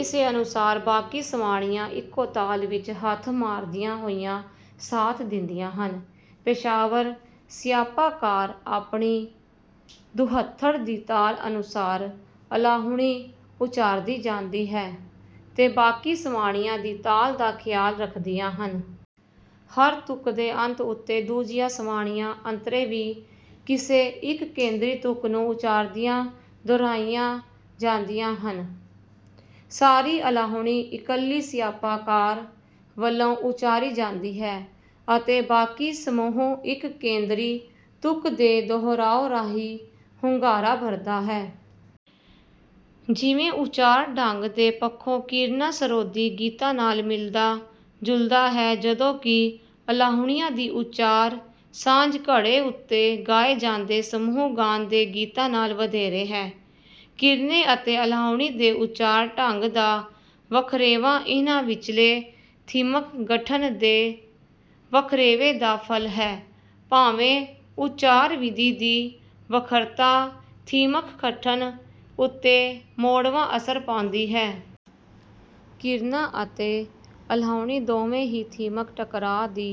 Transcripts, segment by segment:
ਇਸੇ ਅਨੁਸਾਰ ਬਾਕੀ ਸਵਾਣੀਆਂ ਇੱਕੋ ਤਾਲ ਵਿੱਚ ਹੱਥ ਮਾਰਦੀਆਂ ਹੋਈਆਂ ਸਾਥ ਦਿੰਦੀਆਂ ਹਨ। ਪੇਸ਼ਾਵਰ ਸਿਆਪਾਕਾਰ ਆਪਣੀ ਦੁਹੱਥੜ ਦੀ ਤਾਲ ਅਨੁਸਾਰ ਅਲਾਹੁਣੀ ਉੱਚਾਰਦੀ ਜਾਂਦੀ ਹੈ ਤੇ ਬਾਕੀ ਸਵਾਣੀਆਂ ਦੀ ਤਾਲ ਦਾ ਖਿਆਲ ਰੱਖਦੀਆਂ ਹਨ। ਹਰ ਤੁਕ ਦੇ ਅੰਤ ਉੱਤੇ ਦੂਜੀਆਂ ਸਵਾਣੀਆਂ ਅੰਤਰੇ ਵੀ ਕਿਸੇ ਇੱਕ ਕੇਂਦਰੀ ਤੁਕ ਨੂੰ ਉੱਚਾਰਦੀਆਂ ਦੁਹਰਾਈਆਂ ਜਾਂਦੀਆਂ ਹਨ। ਸਾਰੀ ਅਲਾਹੁਣੀ ਇੱਕਲੀ ਸਿਆਪਾਕਾਰ ਵੱਲੋਂ ਉੱਚਾਰੀ ਜਾਂਦੀ ਹੈ ਅਤੇ ਬਾਕੀ ਸਮੂਹ ਇੱਕ ਕੇਂਦਰੀ ਤੁਕ ਦੇ ਦੁਹਰਾਉ ਰਾਹੀਂ ਹੁੰਗਾਰਾ ਭਰਦਾ ਹੈ। ਜਿਵੇਂ ਉੱਚਾਰ ਢੰਗ ਦੇ ਪੱਖੋਂ ਕੀਰਨਾ ਸਰੋਦੀ ਗੀਤਾਂ ਨਾਲ ਮਿਲਦਾ ਜੁਲਦਾ ਹੈ ਜਦੋਂ ਕਿ ਅਲਾਹੁਣੀਆਂ ਦੀ ਉੱਚਾਰ ਸਾਂਝ ਘੜੇ ਉੱਤੇ ਗਾਏ ਜਾਂਦੇ ਸਮੂਹ ਗਾਨ ਦੇ ਗੀਤਾਂ ਨਾਲ ਵਧੇਰੇ ਹੈ। ਕੀਰਨੇ ਅਤੇ ਅਲਾਹੁਣੀ ਦੇ ਉੱਚਾਰ ਢੰਗ ਦਾ ਵਖਰੇਵਾਂ ਇਹਨਾਂ ਵਿਚਲੇ ਥੀਮਕ ਗਠਨ ਦੇ ਵਖਰੇਵੇ ਦਾ ਫਲ ਹੈ ਭਾਵੇਂ ਉੱਚਾਰ ਵਿਧੀ ਦੀ ਵੱਖਰਤਾ ਥੀਮਕ ਗਠਨ ਉੱਤੇ ਮੋੜਵਾਂ ਅਸਰ ਪਾਉਂਦੀ ਹੈ। ਕੀਰਨਾ ਅਤੇ ਅਲਾਹੁਣੀ ਦੋਵੇਂ ਹੀ ਥੀਮਕ ਟਕਰਾਅ ਦੀ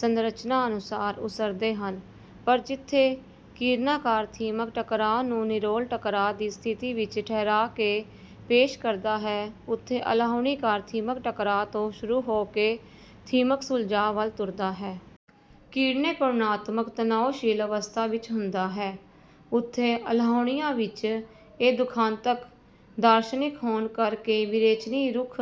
ਸੰਰਚਨਾ ਅਨੁਸਾਰ ਉਸਰਦੇ ਹਨ ਪਰ ਜਿੱਥੇ ਕੀਰਨਾਕਾਰ ਥੀਮਕ ਟਕਰਾਅ ਨੂੰ ਨਿਰੋਲ ਟਕਰਾਅ ਦੀ ਸਥਿਤੀ ਵਿੱਚ ਠਹਿਰਾ ਕੇ ਪੇਸ਼ ਕਰਦਾ ਹੈ ਉੱਥੇ ਅਲਾਹੁਣੀਕਾਰ ਥੀਮਕ ਟਕਰਾਅ ਤੋਂ ਸ਼ੁਰੂ ਹੋ ਕੇ ਥੀਮਕ ਸੁਲਝਾਅ ਵੱਲ ਤੁਰਦਾ ਹੈ। ਕੀਰਨੇ ਕਰੁਣਾਤਮਕ ਤਨਾਉਸ਼ੀਲ ਅਵਸਥਾ ਵਿੱਚ ਹੁੰਦਾ ਹੈ ਉੱਥੇ ਅਲਾਹੁਣੀਆਂ ਵਿੱਚ ਇਹ ਦੁਖਾਂਤਕ ਦਾਰਸ਼ਨਿਕ ਹੋਣ ਕਰਕੇ ਵਿਰੇਚਨੀ ਰੁਖ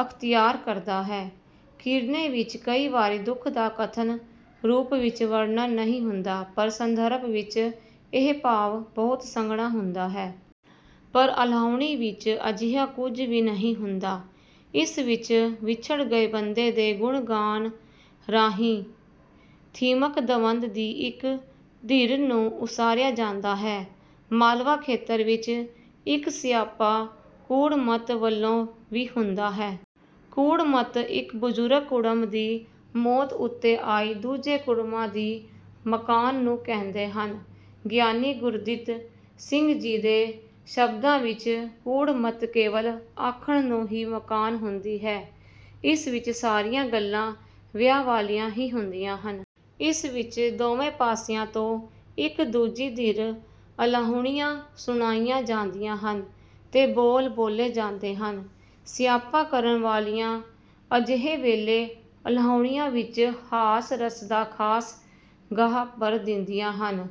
ਅਖਤਿਆਰ ਕਰਦਾ ਹੈ। ਕੀਰਨੇ ਵਿੱਚ ਕਈ ਵਾਰੀ ਦੁਖ ਦਾ ਕਥਨ ਰੂਪ ਵਿੱਚ ਵਰਣਨ ਨਹੀਂ ਹੁੰਦਾ ਪਰ ਸੰਦਰਭ ਵਿੱਚ ਇਹ ਭਾਵ ਬਹੁਤ ਸੰਘਣਾ ਹੁੰਦਾ ਹੈ। ਪਰ ਅਲਾਹੁਣੀ ਵਿੱਚ ਅਜਿਹਾ ਕੁੱਝ ਵੀ ਨਹੀਂ ਹੁੰਦਾ। ਇਸ ਵਿੱਚ ਵਿਛੜ ਗਏ ਬੰਦੇ ਦੇ ਗੁਣ ਗਾਨ ਰਾਹੀਂ ਥੀਮਕ ਦਵੰਦ ਦੀ ਇੱਕ ਧਿਰ ਨੂੰ ਉਸਾਰਿਆ ਜਾਂਦਾ ਹੈ। ਮਾਲਵਾ ਖੇਤਰ ਵਿੱਚ ਇੱਕ ਸਿਆਪਾ ਕੁੜਮੱਤ ਵੱਲੋਂ ਵੀ ਹੁੰਦਾ ਹੈ। ਕੁੜਮੱਤ ਇੱਕ ਬਜ਼ੁਰਗ ਕੁੜਮ ਦੀ ਮੌਤ ਉੱਤੇ ਆਈ ਦੂਜੇ ਕੁੜਮਾਂ ਦੀ ਮਕਾਨ ਨੂੰ ਕਹਿੰਦੇ ਹਨ। ਗਿਆਨੀ ਗੁਰਦਿੱਤ ਸਿੰਘ ਜੀ ਦੇ ਸ਼ਬਦਾਂ ਵਿੱਚ ਕੁੜਮਤ ਕੇਵਲ ਆਖਣ ਨੂੰ ਹੀ ਮਕਾਨ ਹੁੰਦੀ ਹੈ। ਇਸ ਵਿੱਚ ਸਾਰੀਆਂ ਗੱਲਾਂ ਵਿਆਹ ਵਾਲੀਆਂ ਹੀ ਹੁੰਦੀਆਂ ਹਨ। ਇਸ ਵਿੱਚ ਦੋਵੇਂ ਪਾਸਿਆਂ ਤੋਂ ਇੱਕ ਦੂਜੀ ਧਿਰ ਅਲਾਹੁਣੀਆਂ ਸੁਣਾਈਆਂ ਜਾਂਦੀਆਂ ਹਨ ਤੇ ਬੋਲ ਬੋਲੇ ਜਾਂਦੇ ਹਨ। ਸਿਆਪਾ ਕਰਨ ਵਾਲੀਆਂ ਅਜੇਹੇ ਵੇਲੇ ਅਲਾਹੁਣੀਆਂ ਵਿੱਚ ਹਾਸ ਰਸ ਦਾ ਖਾਸ ਗਾਹ ਭਰ ਦਿੰਦੀਆਂ ਹਨ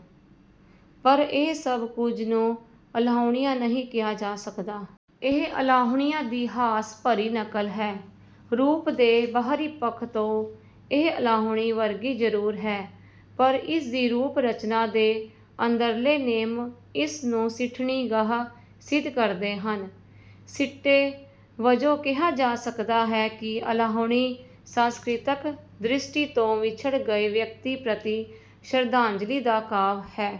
ਪਰ ਇਹ ਸਭ ਕੁੱਝ ਨੂੰ ਅਲਾਹੁਣੀਆਂ ਨਹੀਂ ਕਿਹਾ ਜਾ ਸਕਦਾ। ਇਹ ਅਲਾਹੁਣੀਆਂ ਦੀ ਹਾਸ ਭਰੀ ਨਕਲ ਹੈ। ਰੂਪ ਦੇ ਬਾਹਰੀ ਪੱਖ ਤੋਂ ਇਹ ਅਲਾਹੁਣੀ ਵਰਗੀ ਜ਼ਰੂਰ ਹੈ ਪਰ ਇਸ ਦੀ ਰੂਪ ਰਚਨਾ ਦੇ ਅੰਦਰਲੇ ਨੇਮ ਇਸ ਨੂੰ ਸਿੱਠਣੀ ਗਾਹ ਸਿੱਧ ਕਰਦੇ ਹਨ। ਸਿੱਟੇ ਵਜੋਂ ਕਿਹਾ ਜਾ ਸਕਦਾ ਹੈ ਕਿ ਅਲਾਹੁਣੀ ਸਾਂਸਕ੍ਰਿਤਕ ਦ੍ਰਿਸ਼ਟੀ ਤੋਂ ਵਿਛੜ ਗਏ ਵਿਅਕਤੀ ਪ੍ਰਤੀ ਸ਼ਰਧਾਂਜਲੀ ਦਾ ਕਾਵਿ ਹੈ।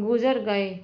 ਗੁਜ਼ਰ ਗਏ